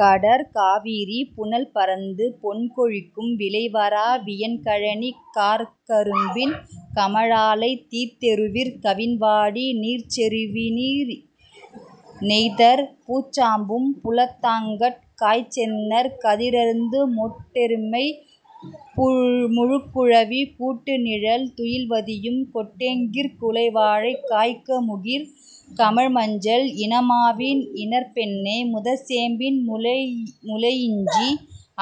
கடற்காவிரி புனல்பரந்து பொன்கொழிக்கும் விளைவறா வியன்கழனிக் கார்க்கரும்பின் கமழாலைத் தீத்தெறுவிற் கவின்வாடி நீர்ச்செறுவி னீணெய்தற் பூச்சாம்பும் புலத்தாங்கட் காய்ச்செந்நெற் கதிரருந்து மோட்டெருமை முழுக்குழவி கூட்டுநிழல் துயில்வதியும் கோட்டெங்கிற் குலைவாழைக் காய்க்கமுகிற் கமழ்மஞ்சள் இனமாவின் இணர்ப்பெண்ணை முதற்சேம்பின் முளையிஞ்சி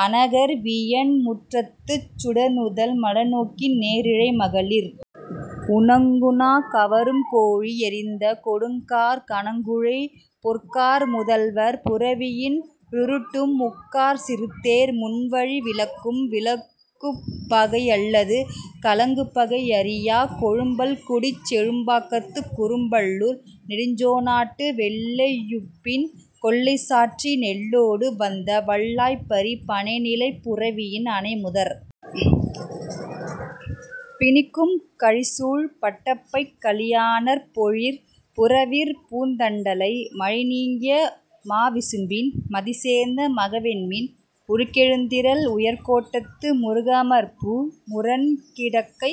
another வியன்முற்றத்துச் சுடர்நுதல் மடநோக்கின் நேரிழை மகளிர் உணங்குணாக் கவரும் கோழி யெறிந்த கொடுங்காற் கனங்குழை பொற்காற் புதல்வர் புரவியின் றுருட்டும் முக்காற் சிறுதேர் முன்வழி விலக்கும் விலங்குபகை யல்லது கலங்குபகை யறியாக் கொழும்பல்குடிச் செழும்பாக்கத்துக் குறும்பல்லூர் நெடுஞ்சோணாட்டு வெள்ளை யுப்பின் கொள்ளை சாற்றி நெல்லொடு வந்த வல்லாய்ப் ப·றி பணைநிலைப் புரவியின் அணைமுதற் பிணிக்கும் கழிசூழ் படப்பைக் கலியாணர்ப் பொழிற் புறவிற் பூந்தண்டலை மழைநீங்கிய மாவிசும்பின் மதிசேர்ந்த மகவெண்மீன் உருகெழுதிறல் உயர்கோட்டத்து முருகமர்பூ முரண்கிடக்கை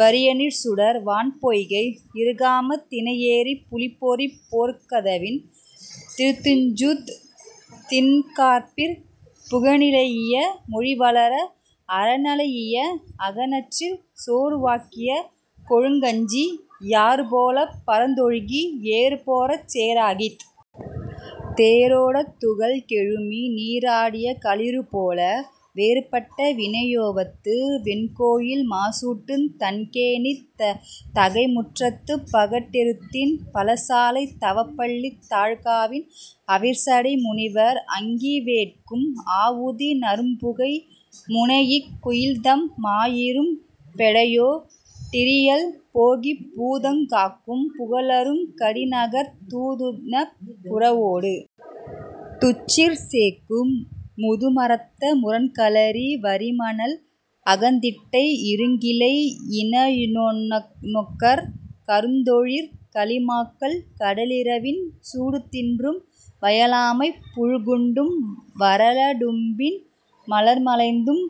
வரியணிசுடர் வான்பொய்கை இருகாமத் திணையேரிப் புலிப்பொறிப் போர்க்கதவின் திருத்துஞ்சுந் திண்காப்பிற் புகழ்நிலைஇய மொழிவளர அறநிலைஇய அகனட்டிற் சோறுவாக்கிய கொழுங்கஞ்சி யாறுபோலப் பரந்தொழுகி ஏறுபொரச் சேறாகித் தேரொடத் துகள் கெழுமி நீறாடிய களிறுபோல வேறுபட்ட வினையோவத்து வெண்கோயில் மாசூட்டுந் தண்கேணித் தகைமுற்றத்துப் பகட்டெருத்தின் பலசாலைத் தவப்பள்ளித் தாழ்காவின் அவிர்சடை முனிவர் அங்கி வேட்கும் ஆவுதி நறும்புகை முனைஇக் குயில்தம் மாயிரும் பெடையோ டிரியல் போகிப் பூதங் காக்கும் புகலருங் கடிநகர்த் தூதுணம் புறவொடு துச்சிற் சேக்கும் முதுமரத்த முரண்களரி வரிமணல் அகந்திட்டை இருங்கிளை யினனொக்கற் கருந்தொழிற் கலிமாக்கள் கடலிறவின் சூடுதின்றும் வயலாமைப் புழுக்குண்டும் வறளடும்பின் மலர்மலைந்தும்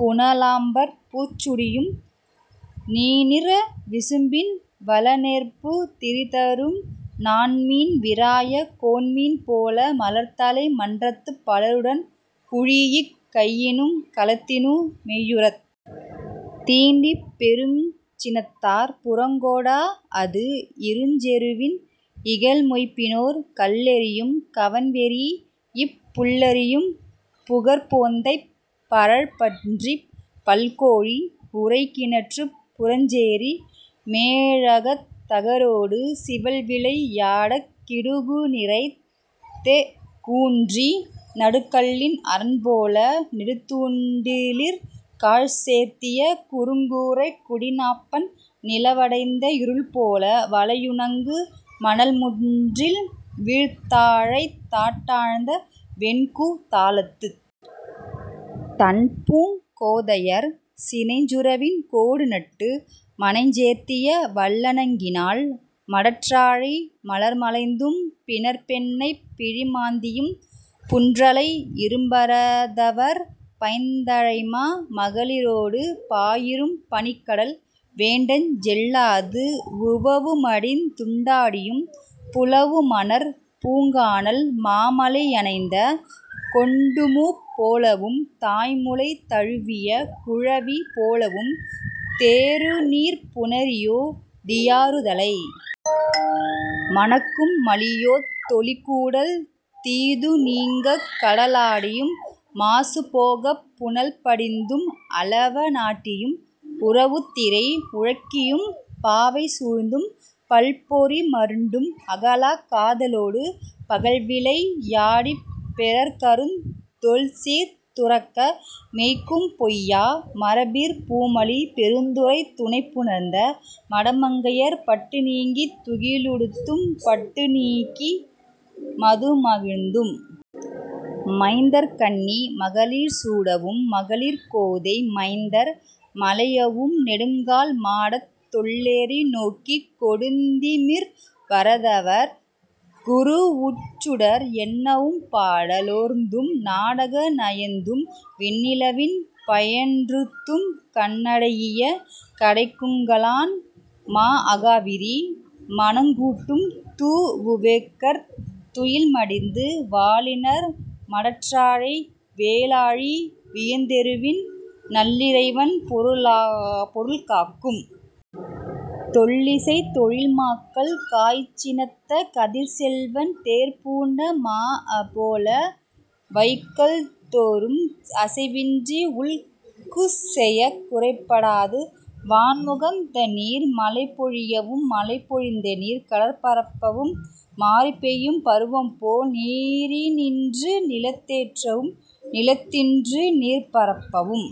புனலாம்பற் பூச்சூடியும் நீனிற விசும்பின் வலனேர்பு திரிதரும் நாண்மீன் விராய கோண்மீன் போல மலர்தலை மன்றத்துப் பலருடன் குழீஇக் கையினுங் கலத்தினு மெய்யுறத் தீண்டிப் பெருங்சினத்தாற் புறக்கொடாஅது இருஞ்செருவின் இகல்மொய்ம்பினோர் கல்லெறியும் கவண்வெரீஇப் புள்ளிரியும் புகர்ப்போந்தைப் பறழ்ப்பன்றிப் பல்கோழி உறைக்கிணற்றுப் புறச்சேரி மேழகத் தகரொடு சிவல்விளை யாடக் கிடுகுநிரைத் தெ·கூன்றி நடுகல்லின் அரண்போல நெடுந்தூண்டிலிற் காழ்சேர்த்திய குறுங்கூரைக் குடிநாப்பண் நிலவடைந்த இருள்போல வலையுணங்கு மணல்முன்றில் வீழ்த்தாழைத் தாட்டழ்ந்த வெண்கூ தாளத்துத் தண்பூங் கோதையர் சினைச்சுறவின் கோடுநட்டு மனைச்சேர்த்திய வல்லணங்கினால் மடற்றாழை மலர்மலைந்தும் பிணர்ப்பெண்ணைப் பிழிமாந்தியும் புன்றலை இரும்பரதவர் பைந்தழைமா மகளிரொடு பாயிரும் பனிக்கடல் வேட்டஞ் செல்லாது உவவுமடிந் துண்டாடியும் புலவுமணற் பூங்கானல் மாமலை யணைந்த கொண்மூப் போலவும் தாய்முலை தழுவிய குழவி போலவும் தேறுநீர்ப் புணரியோ டியாறுதலை மணக்கும் மலியோத் தொலிகூடல் தீதுநீங்கக் கடலாடியும் மாசுபோகப் புனல்படிந்தும் அலவ னாட்டியும் உரவுத்திரை உழக்கியும் பாவை சூழ்ந்தும் பல்பொறி மருண்டும் அகலாக் காதலொடு பகல்விளை யாடிப் பெறற்கருந் தொல்சீர்த் துறக்க மேய்க்கும் பொய்யா மரபிற் பூமலி பெருந்துறைத் துணைப்புணர்ந்த மடமங்கையர் பட்டுநீக்கித் துகிலுடுத்தும் மட்டுநீக்கி மதுமகிழ்ந்தும் மைந்தர்கண்ணி மகளிர் சூடவும் மகளிர்கோதை மைந்தர் மலையவும் நெடுங்கால் மாடத் தொள்ளெரி நோக்கிக் கொடுந்திமிற் பரதவர் குரூஉச்சுடர் எண்ணவும் பாட லோர்த்தும் நாடக நயந்தும் வெண்ணிலவின் பயன்றுய்த்தும் கண்ணடைஇய கடைக்கங்குலான் மாஅகாவிரி மணங்கூட்டும் தூஉவெக்கர்த் துயில் மடிந்து வாலிணர் மடற்றாழை வேலாழி வியந்தெருவின் நல்லிறைவன் பொருள்காக்கும் தொல்லிசைத் தொழில்மாக்கள் காய்சினத்த கதிர்ச்செல்வன் தேர்பூண்ட மாஅபோல வைகல்தொறும் அசைவின்றி உல்குசெயக் குறைபடாது வான்முகந்தநீர் மலைப்பொழியவும் மலைப்பொழிந்தநீர் கடற்பரப்பவும் மாரிபெய்யும் பருவம்போல நீரினின்று நிலத்தேற்றவும் நிலத்தின்று நீர்ப்பரப்பவும்